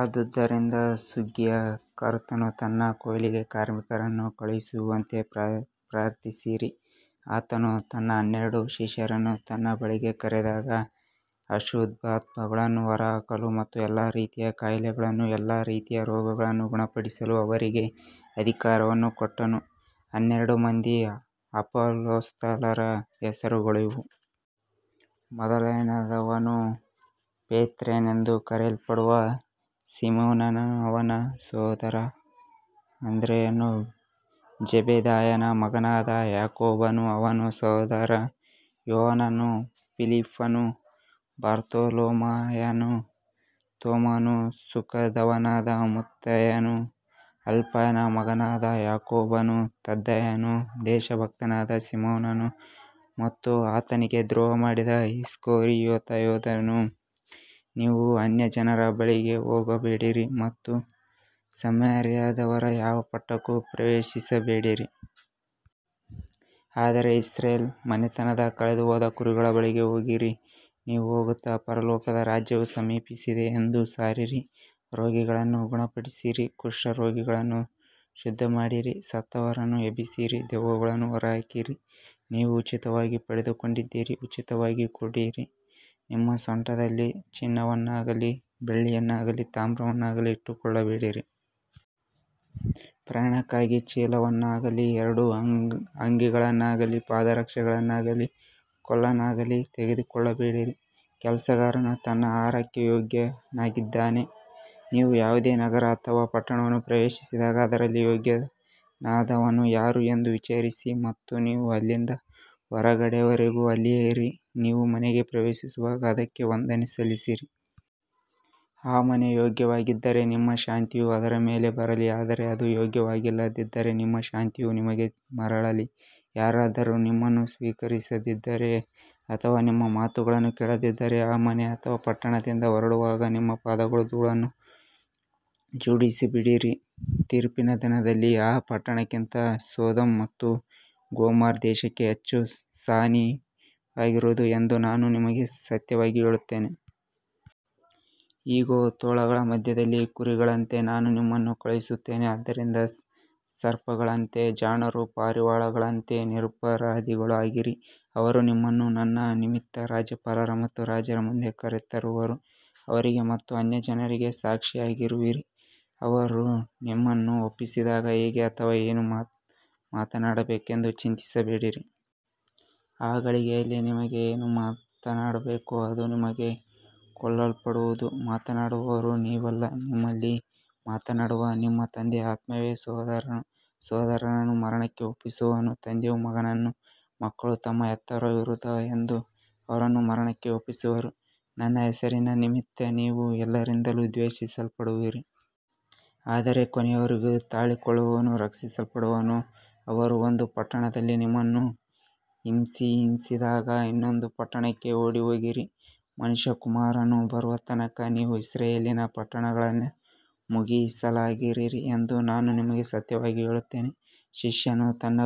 ಆದುದರಿಂದ ಸುಗ್ಗಿಯ ಕರ್ತನು ತನ್ನ ಕೊಯ್ಲಿಗೆ ಕಾರ್ಮಿಕರನ್ನು ಕಳುಹಿಸುವಂತೆ ಪ್ರಾರ್ಥಿಸಿರಿ. ಆತನು ತನ್ನ ಹನ್ನೆರಡು ಶಿಷ್ಯರನ್ನು ತನ್ನ ಬಳಿಗೆ ಕರೆದಾಗ, ಅಶುದ್ಧಾತ್ಮಗಳನ್ನು ಹೊರಹಾಕಲು ಮತ್ತು ಎಲ್ಲಾ ರೀತಿಯ ಕಾಯಿಲೆಗಳನ್ನೂ ಎಲ್ಲಾ ರೀತಿಯ ರೋಗಗಳನ್ನೂ ಗುಣಪಡಿಸಲು ಅವರಿಗೆ ಅಧಿಕಾರವನ್ನು ಕೊಟ್ಟನು. ಹನ್ನೆರಡು ಮಂದಿ ಅಪೊಸ್ತಲರ ಹೆಸರುಗಳು ಇವು. ಮೊದಲನೆಯವನು ಪೇತ್ರನೆಂದು ಕರೆಯಲ್ಪಡುವ ಸೀಮೋನನು, ಅವನ ಸಹೋದರ ಅಂದ್ರೆಯನು, ಜೆಬೆದಾಯನ ಮಗನಾದ ಯಾಕೋಬನು, ಅವನ ಸಹೋದರ ಯೋಹಾನನು, ಫಿಲಿಪ್ಪನು, ಬಾರ್ತೊಲೊಮಾಯನು, ತೋಮನು, ಸುಂಕದವನಾದ ಮತ್ತಾಯನು, ಅಲ್ಫಾಯನ ಮಗನಾದ ಯಾಕೋಬನು, ತದ್ದಾಯನು, ದೇಶಭಕ್ತನಾದ ಸೀಮೋನನು ಮತ್ತು ಆತನಿಗೆ ದ್ರೋಹ ಮಾಡಿದ ಇಸ್ಕರಿಯೋತ ಯೂದನು. ನೀವು ಅನ್ಯಜನರ ಬಳಿಗೆ ಹೋಗಬೇಡಿರಿ ಮತ್ತು ಸಮಾರ್ಯದವರ ಯಾವ ಪಟ್ಟಣಕ್ಕೂ ಪ್ರವೇಶಿಸಬೇಡಿರಿ. ಆದರೆ ಇಸ್ರಾಯೇಲ್ ಮನೆತನದ ಕಳೆದುಹೋದ ಕುರಿಗಳ ಬಳಿಗೆ ಹೋಗಿರಿ. ನೀವು ಹೋಗುತ್ತಾ, ಪರಲೋಕದ ರಾಜ್ಯವು ಸಮೀಪಿಸಿದೆ ಎಂದು ಸಾರಿರಿ. ರೋಗಿಗಳನ್ನು ಗುಣಪಡಿಸಿರಿ, ಕುಷ್ಠರೋಗಿಗಳನ್ನು ಶುದ್ಧಮಾಡಿರಿ, ಸತ್ತವರನ್ನು ಎಬ್ಬಿಸಿರಿ, ದೆವ್ವಗಳನ್ನು ಹೊರಹಾಕಿರಿ. ನೀವು ಉಚಿತವಾಗಿ ಪಡೆದುಕೊಂಡಿದ್ದೀರಿ, ಉಚಿತವಾಗಿ ಕೊಡಿರಿ. ನಿಮ್ಮ ಸೊಂಟದಲ್ಲಿ ಚಿನ್ನವನ್ನಾಗಲಿ ಬೆಳ್ಳಿಯನ್ನಾಗಲಿ ತಾಮ್ರವನ್ನಾಗಲಿ ಇಟ್ಟುಕೊಳ್ಳಬೇಡಿರಿ. ಪ್ರಯಾಣಕ್ಕಾಗಿ ಚೀಲವನ್ನಾಗಲಿ ಎರಡು ಅಂಗಿಗಳನ್ನಾಗಲಿ ಪಾದರಕ್ಷೆಗಳನ್ನಾಗಲಿ ಕೋಲನ್ನಾಗಲಿ ತೆಗೆದುಕೊಳ್ಳಬೇಡಿರಿ. ಕೆಲಸಗಾರನು ತನ್ನ ಆಹಾರಕ್ಕೆ ಯೋಗ್ಯನಾಗಿದ್ದಾನೆ. ನೀವು ಯಾವುದೇ ನಗರ ಅಥವಾ ಪಟ್ಟಣವನ್ನು ಪ್ರವೇಶಿಸಿದಾಗ, ಅದರಲ್ಲಿ ಯೋಗ್ಯನಾದವನು ಯಾರು ಎಂದು ವಿಚಾರಿಸಿ ಮತ್ತು ನೀವು ಅಲ್ಲಿಂದ ಹೊರಡುವವರೆಗೂ ಅಲ್ಲಿಯೇ ಇರಿ. ನೀವು ಮನೆಗೆ ಪ್ರವೇಶಿಸುವಾಗ ಅದಕ್ಕೆ ವಂದನೆ ಸಲ್ಲಿಸಿರಿ. ಆ ಮನೆ ಯೋಗ್ಯವಾಗಿದ್ದರೆ ನಿಮ್ಮ ಶಾಂತಿಯು ಅದರ ಮೇಲೆ ಬರಲಿ. ಆದರೆ ಅದು ಯೋಗ್ಯವಾಗಿಲ್ಲದಿದ್ದರೆ ನಿಮ್ಮ ಶಾಂತಿಯು ನಿಮಗೆ ಮರಳಲಿ. ಯಾರಾದರೂ ನಿಮ್ಮನ್ನು ಸ್ವೀಕರಿಸದಿದ್ದರೆ ಅಥವಾ ನಿಮ್ಮ ಮಾತುಗಳನ್ನು ಕೇಳದಿದ್ದರೆ, ಆ ಮನೆ ಅಥವಾ ಆ ಪಟ್ಟಣದಿಂದ ಹೊರಡುವಾಗ ನಿಮ್ಮ ಪಾದಗಳ ಧೂಳನ್ನು ಝಾಡಿಸಿಬಿಡಿರಿ. ತೀರ್ಪಿನ ದಿನದಲ್ಲಿ ಆ ಪಟ್ಟಣಕ್ಕಿಂತ ಸೊದೋಮ್ ಮತ್ತು ಗೊಮೊರ್ರಾ ದೇಶಕ್ಕೆ ಹೆಚ್ಚು ಸಹನೀಯವಾಗಿರುವುದು ಎಂದು ನಾನು ನಿಮಗೆ ಸತ್ಯವಾಗಿ ಹೇಳುತ್ತೇನೆ. ಇಗೋ, ತೋಳಗಳ ಮಧ್ಯದಲ್ಲಿ ಕುರಿಗಳಂತೆ ನಾನು ನಿಮ್ಮನ್ನು ಕಳುಹಿಸುತ್ತೇನೆ. ಆದ್ದರಿಂದ ಸರ್ಪಗಳಂತೆ ಜಾಣರೂ ಪಾರಿವಾಳಗಳಂತೆ ನಿರಪರಾಧಿಗಳೂ ಆಗಿರಿ. ಅವರು ನಿಮ್ಮನ್ನು ನನ್ನ ನಿಮಿತ್ತ ರಾಜ್ಯಪಾಲರ ಮತ್ತು ರಾಜರ ಮುಂದೆ ಕರೆತರುವರು. ಅವರಿಗೆ ಮತ್ತು ಅನ್ಯಜನರಿಗೆ ಸಾಕ್ಷಿಯಾಗಿರುವಿರಿ. ಅವರು ನಿಮ್ಮನ್ನು ಒಪ್ಪಿಸಿದಾಗ, ಹೇಗೆ ಅಥವಾ ಏನು ಮಾತನಾಡಬೇಕೆಂದು ಚಿಂತಿಸಬೇಡಿರಿ. ಆ ಗಳಿಗೆಯಲ್ಲಿ ನಿಮಗೆ ಏನು ಮಾತನಾಡಬೇಕೋ ಅದು ನಿಮಗೆ ಕೊಡಲ್ಪಡುವುದು. ಮಾತನಾಡುವವರು ನೀವಲ್ಲ, ನಿಮ್ಮಲ್ಲಿ ಮಾತನಾಡುವ ನಿಮ್ಮ ತಂದೆಯ ಆತ್ಮವೇ. ಸಹೋದರನು ಸಹೋದರನನ್ನು ಮರಣಕ್ಕೆ ಒಪ್ಪಿಸುವನು, ತಂದೆಯು ಮಗನನ್ನೂ, ಮಕ್ಕಳು ತಮ್ಮ ಹೆತ್ತವರ ವಿರುದ್ಧ ಎದ್ದು ಅವರನ್ನು ಮರಣಕ್ಕೆ ಒಪ್ಪಿಸುವರು. ನನ್ನ ಹೆಸರಿನ ನಿಮಿತ್ತ ನೀವು ಎಲ್ಲರಿಂದಲೂ ದ್ವೇಷಿಸಲ್ಪಡುವಿರಿ. ಆದರೆ ಕೊನೆಯವರೆಗೂ ತಾಳಿಕೊಳ್ಳುವವನು ರಕ್ಷಿಸಲ್ಪಡುವನು. ಅವರು ಒಂದು ಪಟ್ಟಣದಲ್ಲಿ ನಿಮ್ಮನ್ನು ಹಿಂಸಿಸಿದಾಗ ಇನ್ನೊಂದು ಪಟ್ಟಣಕ್ಕೆ ಓಡಿಹೋಗಿರಿ. ಮನುಷ್ಯಕುಮಾರನು ಬರುವ ತನಕ ನೀವು ಇಸ್ರಾಯೇಲಿನ ಪಟ್ಟಣಗಳನ್ನೆಲ್ಲಾ ಮುಗಿಸಲಾರಿರಿ ಎಂದು ನಾನು ನಿಮಗೆ ಸತ್ಯವಾಗಿ ಹೇಳುತ್ತೇನೆ. ಶಿಷ್ಯನು ತನ್ನ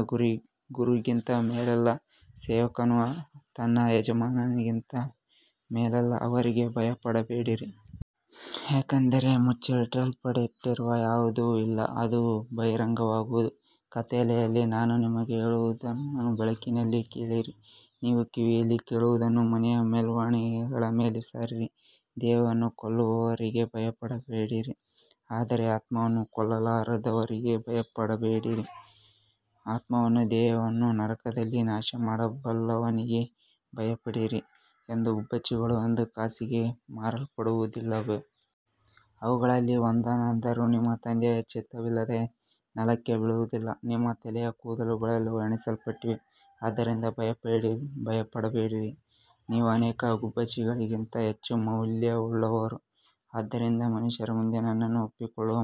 ಗುರುಗಿಂತ ಮೇಲಲ್ಲ, ಸೇವಕನು ತನ್ನ ಯಜಮಾನನಿಗಿಂತ ಮೇಲಲ್ಲ. ಅವರಿಗೆ ಭಯಪಡಬೇಡಿರಿ. ಯಾಕಂದರೆ ಮುಚ್ಚಿಡಲ್ಪಟ್ಟಿರುವ ಯಾವುದೂ ಇಲ್ಲ, ಅದು ಬಹಿರಂಗವಾಗುವುದು. ಕತ್ತಲೆಯಲ್ಲಿ ನಾನು ನಿಮಗೆ ಹೇಳುವುದನ್ನು ಬೆಳಕಿನಲ್ಲಿ ಹೇಳಿರಿ. ನೀವು ಕಿವಿಯಲ್ಲಿ ಕೇಳುವುದನ್ನು ಮನೆಯ ಮೇಲ್ಛಾವಣಿಗಳ ಮೇಲೆ ಸಾರಿರಿ. ದೇಹವನ್ನು ಕೊಲ್ಲುವವರಿಗೆ ಭಯಪಡಬೇಡಿರಿ, ಆದರೆ ಆತ್ಮವನ್ನು ಕೊಲ್ಲಲಾರದವರಿಗೆ ಭಯಪಡಬೇಡಿರಿ. ಆತ್ಮವನ್ನೂ ದೇಹವನ್ನೂ ನರಕದಲ್ಲಿ ನಾಶಮಾಡಬಲ್ಲವನಿಗೆ ಭಯಪಡಿರಿ. ಎರಡು ಗುಬ್ಬಚ್ಚಿಗಳು ಒಂದು ಕಾಸಿಗೆ ಮಾರಲ್ಪಡುವುದಿಲ್ಲವೇ? ಅವುಗಳಲ್ಲಿ ಒಂದಾದರೂ ನಿಮ್ಮ ತಂದೆಯ ಚಿತ್ತವಿಲ್ಲದೆ ನೆಲಕ್ಕೆ ಬೀಳುವುದಿಲ್ಲ. ನಿಮ್ಮ ತಲೆಯ ಕೂದಲುಗಳೆಲ್ಲವೂ ಎಣಿಸಲ್ಪಟ್ಟಿವೆ. ಆದ್ದರಿಂದ ಭಯಪಡಬೇಡಿರಿ. ನೀವು ಅನೇಕ ಗುಬ್ಬಚ್ಚಿಗಳಿಗಿಂತ ಹೆಚ್ಚು ಮೌಲ್ಯವುಳ್ಳವರು. ಆದ್ದರಿಂದ ಮನುಷ್ಯರ ಮುಂದೆ ನನ್ನನ್ನು ಒಪ್ಪಿಕೊಳ್ಳುವ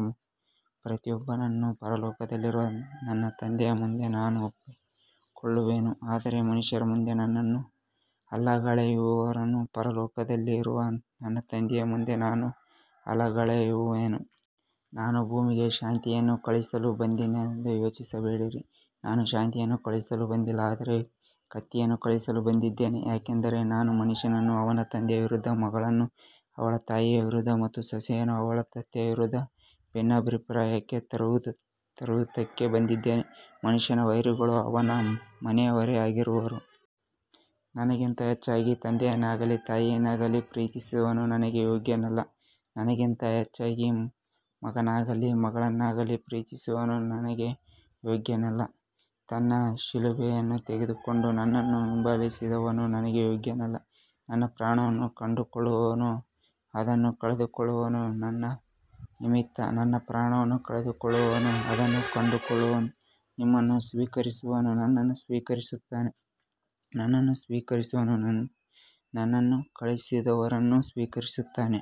ಪ್ರತಿಯೊಬ್ಬನನ್ನೂ ಪರಲೋಕದಲ್ಲಿರುವ ನನ್ನ ತಂದೆಯ ಮುಂದೆ ನಾನೂ ಒಪ್ಪಿಕೊಳ್ಳುವೆನು. ಆದರೆ ಮನುಷ್ಯರ ಮುಂದೆ ನನ್ನನ್ನು ಅಲ್ಲಗಳೆಯುವವನನ್ನು ಪರಲೋಕದಲ್ಲಿರುವ ನನ್ನ ತಂದೆಯ ಮುಂದೆ ನಾನೂ ಅಲ್ಲಗಳೆಯುವೆನು. ನಾನು ಭೂಮಿಗೆ ಶಾಂತಿಯನ್ನು ಕಳುಹಿಸಲು ಬಂದೆನೆಂದು ಯೋಚಿಸಬೇಡಿರಿ. ನಾನು ಶಾಂತಿಯನ್ನು ಕಳುಹಿಸಲು ಬಂದಿಲ್ಲ, ಆದರೆ ಕತ್ತಿಯನ್ನು ಕಳುಹಿಸಲು ಬಂದಿದ್ದೇನೆ. ಯಾಕಂದರೆ ನಾನು ಮನುಷ್ಯನನ್ನು ಅವನ ತಂದೆಯ ವಿರುದ್ಧ, ಮಗಳನ್ನು ಅವಳ ತಾಯಿಯ ವಿರುದ್ಧ ಮತ್ತು ಸೊಸೆಯನ್ನು ಅವಳ ಅತ್ತೆಯ ವಿರುದ್ಧ ಭಿನ್ನಾಭಿಪ್ರಾಯಕ್ಕೆ ತರುವುದಕ್ಕೆ ಬಂದಿದ್ದೇನೆ. ಮನುಷ್ಯನ ವೈರಿಗಳು ಅವನ ಮನೆಯವರೇ ಆಗಿರುವರು. ನನಗಿಂತ ಹೆಚ್ಚಾಗಿ ತಂದೆಯನ್ನಾಗಲಿ ತಾಯಿಯನ್ನಾಗಲಿ ಪ್ರೀತಿಸುವವನು ನನಗೆ ಯೋಗ್ಯನಲ್ಲ. ನನಗಿಂತ ಹೆಚ್ಚಾಗಿ ಮಗನನ್ನಾಗಲಿ ಮಗಳನ್ನಾಗಲಿ ಪ್ರೀತಿಸುವವನು ನನಗೆ ಯೋಗ್ಯನಲ್ಲ. ತನ್ನ ಶಿಲುಬೆಯನ್ನು ತೆಗೆದುಕೊಂಡು ನನ್ನನ್ನು ಹಿಂಬಾಲಿಸದವನು ನನಗೆ ಯೋಗ್ಯನಲ್ಲ. ತನ್ನ ಪ್ರಾಣವನ್ನು ಕಂಡುಕೊಳ್ಳುವವನು ಅದನ್ನು ಕಳೆದುಕೊಳ್ಳುವನು. ನನ್ನ ನಿಮಿತ್ತ ತನ್ನ ಪ್ರಾಣವನ್ನು ಕಳೆದುಕೊಳ್ಳುವವನು ಅದನ್ನು ಕಂಡುಕೊಳ್ಳುವನು. ನಿಮ್ಮನ್ನು ಸ್ವೀಕರಿಸುವವನು ನನ್ನನ್ನು ಸ್ವೀಕರಿಸುತ್ತಾನೆ. ನನ್ನನ್ನು ಸ್ವೀಕರಿಸುವವನು ನನ್ನನ್ನು ಕಳುಹಿಸಿದವನನ್ನು ಸ್ವೀಕರಿಸುತ್ತಾನೆ.